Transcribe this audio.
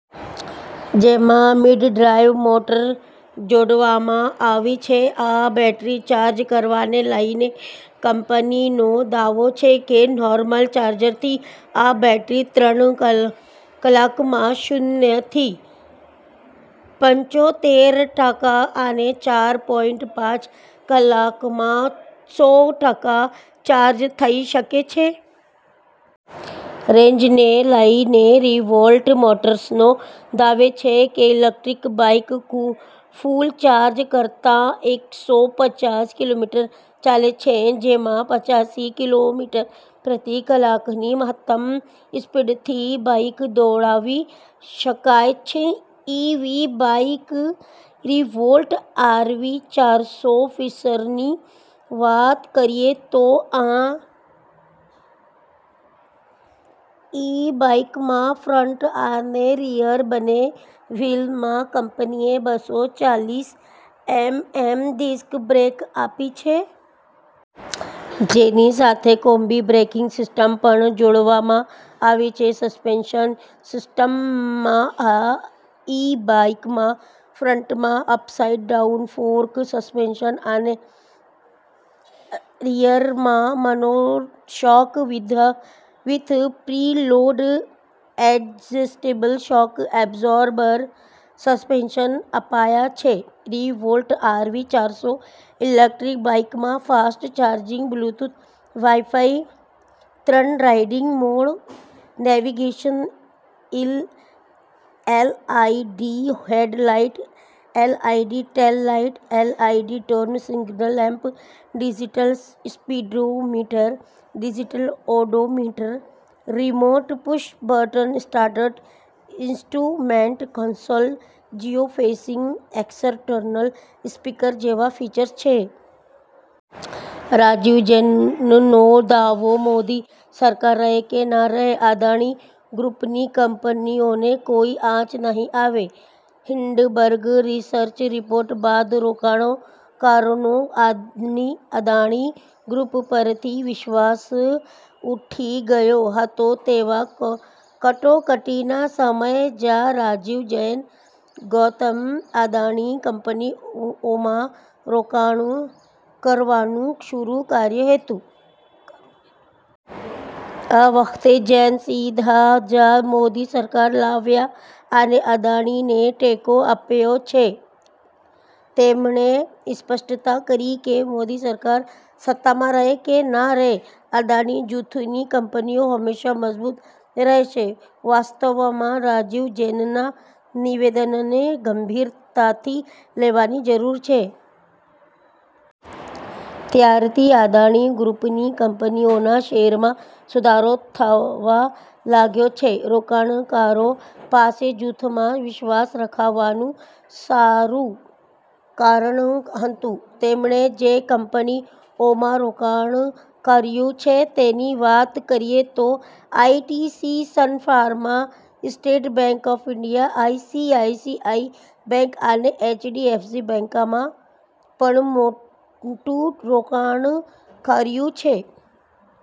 જેમાં mid drive motor જોડવામાં આવી છે. આ બેટરી ચાર્જ કરવાને લઇને કંપનીનો દાવો છે કે નોર્મલ ચાર્જરથી આ બેટરી ત્રણ કલાકમાં શૂન્ય થી પંચોતેર ટકા અને ચાર પોઈંટ પાંચ કલાકમાં સો ટકા ચાર્જ થઇ શકે છે. રેન્જને લઇને રિવોલ્ટ મોટર્સનો દાવો છે કે, ઇલેકટ્રિક બાઇક ફૂલ ચાર્જ કરતાં એકસો પચાસ કિલોમીટર ચાલે છે. જેમાં પંચાસી કિલોમીટર પ્રતિ કલાકની મહત્તમ સ્પીડથી બાઇક દોડાવી શકાય છે. ઇવી બાઇક રિવોલ્ટ આરવી ચારસો ફિચર્સની વાત કરીએ તો આ ઇ બાઇકમાં ફ્રંટ અને રિયર બંને વ્હિલમાં કંપનીએ બસો ચાલીસ એમએમ ડિસ્ક બ્રેક આપી છે. જેની સાથે કોમ્બી બ્રેકિંગ સિસ્ટમ પણ જોડવામાં આવી છે. સસ્પેન્શન સિસ્ટમમાં આ ઇ બાઇકમાં ફ્રંટમાં અપસાઇટ ડાઉન ફોર્ક સસ્પેન્શન અને રિયરમાં monoshock with preload adjustable shock absorber suspension આપ્યા છે. રિવોલ્ટ આરવી ચારસો ઇલેક્ટ્રિક બાઇકમાં ફાસ્ટ ચાર્જિંગ, બ્લૂટૂથ, વાઇફાઇ, ત્રણ riding mode, navigation, LED head light, LED tail light, LED turn signal lamp, digital speedometer, digital odometer, remote, push button start, instrument console, geo fencing, external speaker જેવા features છે. રાજીવ જૈનનો દાવો- 'મોદી સરકાર રહે કે ન રહે, અદાણી ગ્રૂપની કંપનીઓને કોઇ આંચ નહીં આવે'. હિંડનબર્ગ રિસર્ચ રિપોર્ટ બાદ રોકાણકારોનો અદાણી ગ્રૂપ પરથી વિશ્વાસ ઉઠી ગયો હતો તેવા કટોકટીના સમયે જ રાજીવ જૈને ગૌતમ અદાણીની કંપનીઓમાં રોકાણ કરવાનું શરૂ કર્યું હતું. આ વખતે જૈન સીધા જ મોદી સરકાર લાવ્યા અને અદાણીને ટેકો આપ્યો છે. તેમણે સ્પષ્ટતા કરી કે, મોદી સરકાર સત્તામાં રહે કે ન રહે, અદાણી જૂથની કંપનીઓ હંમેશા મજબૂત રહેશે. વાસ્તવમાં રાજીવ જૈનના નિવેદનને ગંભીરતાથી લેવાની જરૂર છે. ત્યારથી અદાણી ગ્રુપની કંપનીઓના શેરમાં સુધારો થવા લાગ્યો છે. રોકાણકારો પાસે જૂથમાં વિશ્વાસ રાખવાનું સારું કારણ હતું. તેમણે જે કંપનીઓમાં રોકાણ કર્યું છે તેની વાત કરીએ તો ITC, Sun Pharma, State Bank of India, ICICI Bank અને એચડીએફસી બેંકમાં પણ મોટું રોકાણ કર્યું છે.